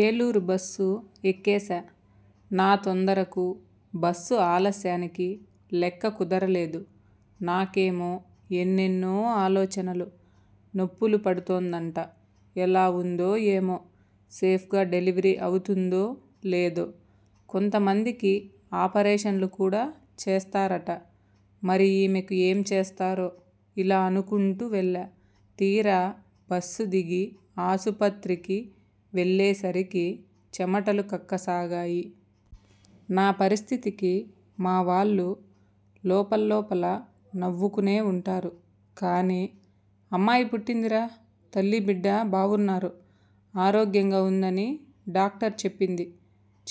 Eluru bus ఎక్కేశా. నా తొందరకు, బస్సు ఆలస్యానికి లెక్క కుదరలేదు. నాకేమో ఎన్నెన్నో ఆలోచనలు.. 'నొప్పులు పడుతోందంట, ఎలా ఉందో? ఏమో? సేఫ్గా డెలివరీ అవుతుందో లేదో? కొంతమందికి ఆపరేషన్లు కూడా చేస్తారట. మరి ఈమెకు ఏం చేస్తారో? 'ఇలా అనుకుంటూ వెళ్లా.. తీరా బస్సు దిగి ఆసుపత్రికి వెళ్లేసరికి చెమటలు కక్కసాగాయి. నా పరిస్థితికి మా వాళ్లు లోపల్లోపల నవ్వుకునే ఉంటారు. కానీ 'అమ్మాయి పుట్టిందిరా. తల్లీ బిడ్డా బావున్నారు. ఆరోగ్యంగా ఉందని డాక్టర్ చెప్పింది.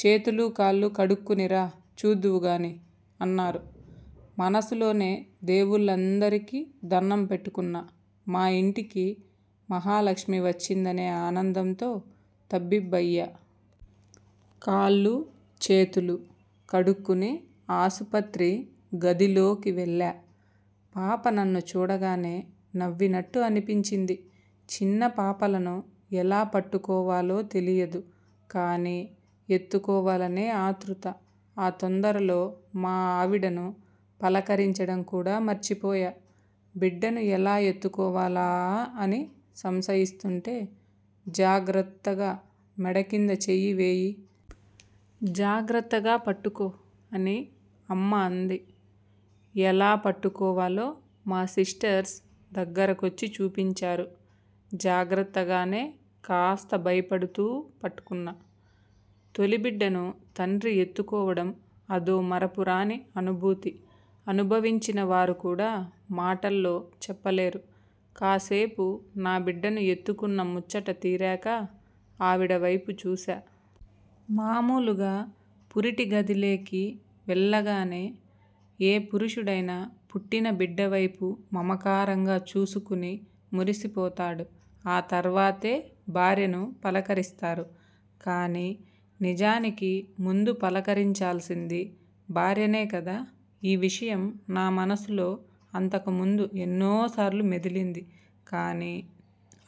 చేతులు కాళ్లు కడుక్కుని రా.. చూద్దువు గానీ' అన్నారు. మనసులోనే దేవుళ్లందరికీ దణ్ణం పెట్టుకున్నా. 'మా ఇంటికి మహాలక్ష్మి వచ్చిందనే ఆనందంతో తబ్బిబ్బయ్యా. కాళ్లూ చేతులూ కడుక్కుని ఆసుపత్రి గదిలోకి వెళ్లా. పాప నన్ను చూడగానే నవ్వినట్టు అనిపించింది. చిన్న పాపలను ఎలా పట్టుకోవాలో తెలియదు. కానీ ఎత్తుకోవాలనే ఆతృత. ఆ తొందరలో మా ఆవిడను పలకరించడం కూడా మర్చిపోయా. బిడ్డను ఎలా ఎత్తుకోవాలా? అని సంశయిస్తుంటే.. 'జాగ్రత్తగా మెడకింద చెయ్యివేయి. జాగ్రత్తగా పట్టుకో' అని అమ్మ అంది. ఎలా పట్టుకోవాలో మా సిస్టర్స్ దగ్గరకొచ్చి చూపించారు. జాగ్రత్తగానే, కాస్త భయపడుతూ పట్టుకున్నా. తొలి బిడ్డను తండ్రి ఎత్తుకోవడం.. అదో మరపురాని అనుభూతి. అనుభవించిన వారు కూడా మాటల్లో చెప్పలేరు. కాసేపు నాబిడ్డను ఎత్తుకున్న ముచ్చట తీరాక ఆవిడవైపు చూశా. మామూలుగా పురిటి గది లోకి వెళ్లగానే ఏ పురుషుడైనా పుట్టినబిడ్డ వైపు మమకారంగా చూసుకుని మురిసిపోతాడు. ఆ తర్వాతే భార్యను పలకరిస్తారు. కానీ నిజానికి ముందు పలకరించాల్సింది భార్యనే కదా.. ఈ విషయం నా మనసులో అంతకు ముందు ఎన్నోసార్లు మెదిలింది. కానీ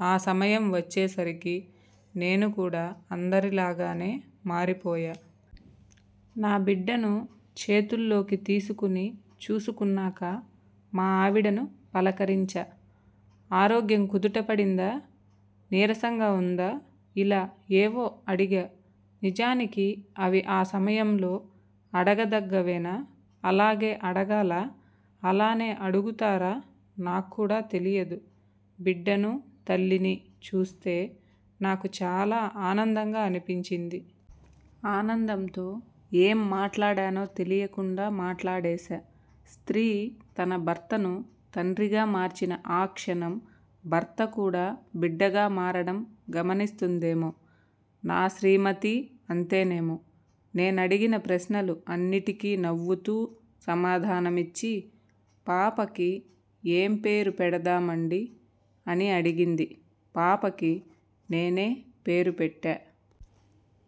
ఆ సమయం వచ్చే సరికి నేను కూడా అందరి లాగానే మారిపోయా. నా బిడ్డను చేతుల్లోకి తీసుకుని చూసుకున్నాక, మా ఆవిడను పలకరించా. 'ఆరోగ్యం కుదుట పడిందా? నీరసంగా ఉందా?.. ' ఇలా ఏవో అడిగా. నిజానికి అవి ఆ సమయంలో అడగదగ్గవేనా? అలాగే అడగాలా? అలానే అడుగుతారా? నాక్కూడా తెలియదు. బిడ్డనూ, తల్లినీ చూస్తే నాకు చాలా ఆనందంగా అనిపించింది. ఆనందంతో ఏం మాట్లాడానో తెలియకుండా మాట్లాడేశా. స్త్రీ తన భర్తను తండ్రిగా మార్చిన ఆ క్షణం, భర్త కూడా బిడ్డగా మారడం గమనిస్తుందేమో. నా శ్రీమతీ అంతేనేమో. నేనడిగిన ప్రశ్నలు అన్నిటికీ నవ్వుతూ సమాధానమిచ్చి 'పాపకి ఏం పేరు పెడదామండీ' అని అడిగింది. పాపకి నేనే పేరు పెట్టా!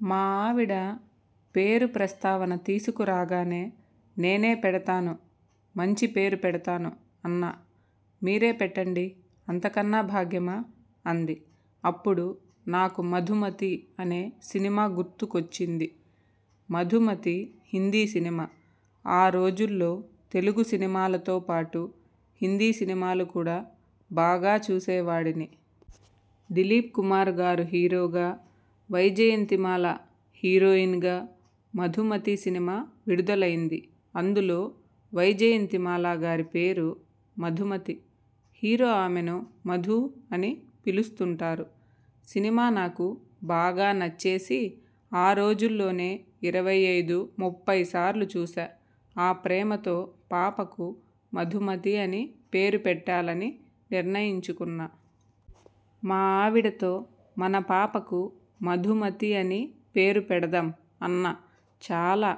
మా ఆవిడ 'పేరు' ప్రస్తావన తీసుకురాగానే 'నేనే పెడతాను. మంచి పేరు పెడతాను' అన్నా. 'మీరే పెట్టండి. అంతకన్నా భాగ్యమా' అంది. అప్పుడు నాకు 'మధుమతి' అనే సినిమా గుర్తుకొచ్చింది. 'మధుమతి' హిందీ సినిమా. ఆ రోజుల్లో తెలుగు సినిమాలతో పాటు హిందీ సినిమాలు కూడా బాగా చూసేవాడిని. దిలీప్ కుమార్ గారు హీరోగా, వైజయంతి మాల హీరోయిన్గా 'మధుమతి' సినిమా విడుదలైంది. అందులో వైజయంతి మాల గారి పేరు మధుమతి. హీరో ఆమెను మధూ అని పిలుస్తుంటారు. సినిమా నాకు బాగా నచ్చేసి ఆరోజుల్లోనే ఇరవై ఐదు, ముప్పై సార్లు చూశా. ఆ ప్రేమతో పాపకు మధుమతి అని పేరు పెట్టాలని నిర్ణయించుకున్నా. మా ఆవిడతో 'మన పాపకు మధుమతి అని పేరు పెడదాం' అన్నా. 'చాలా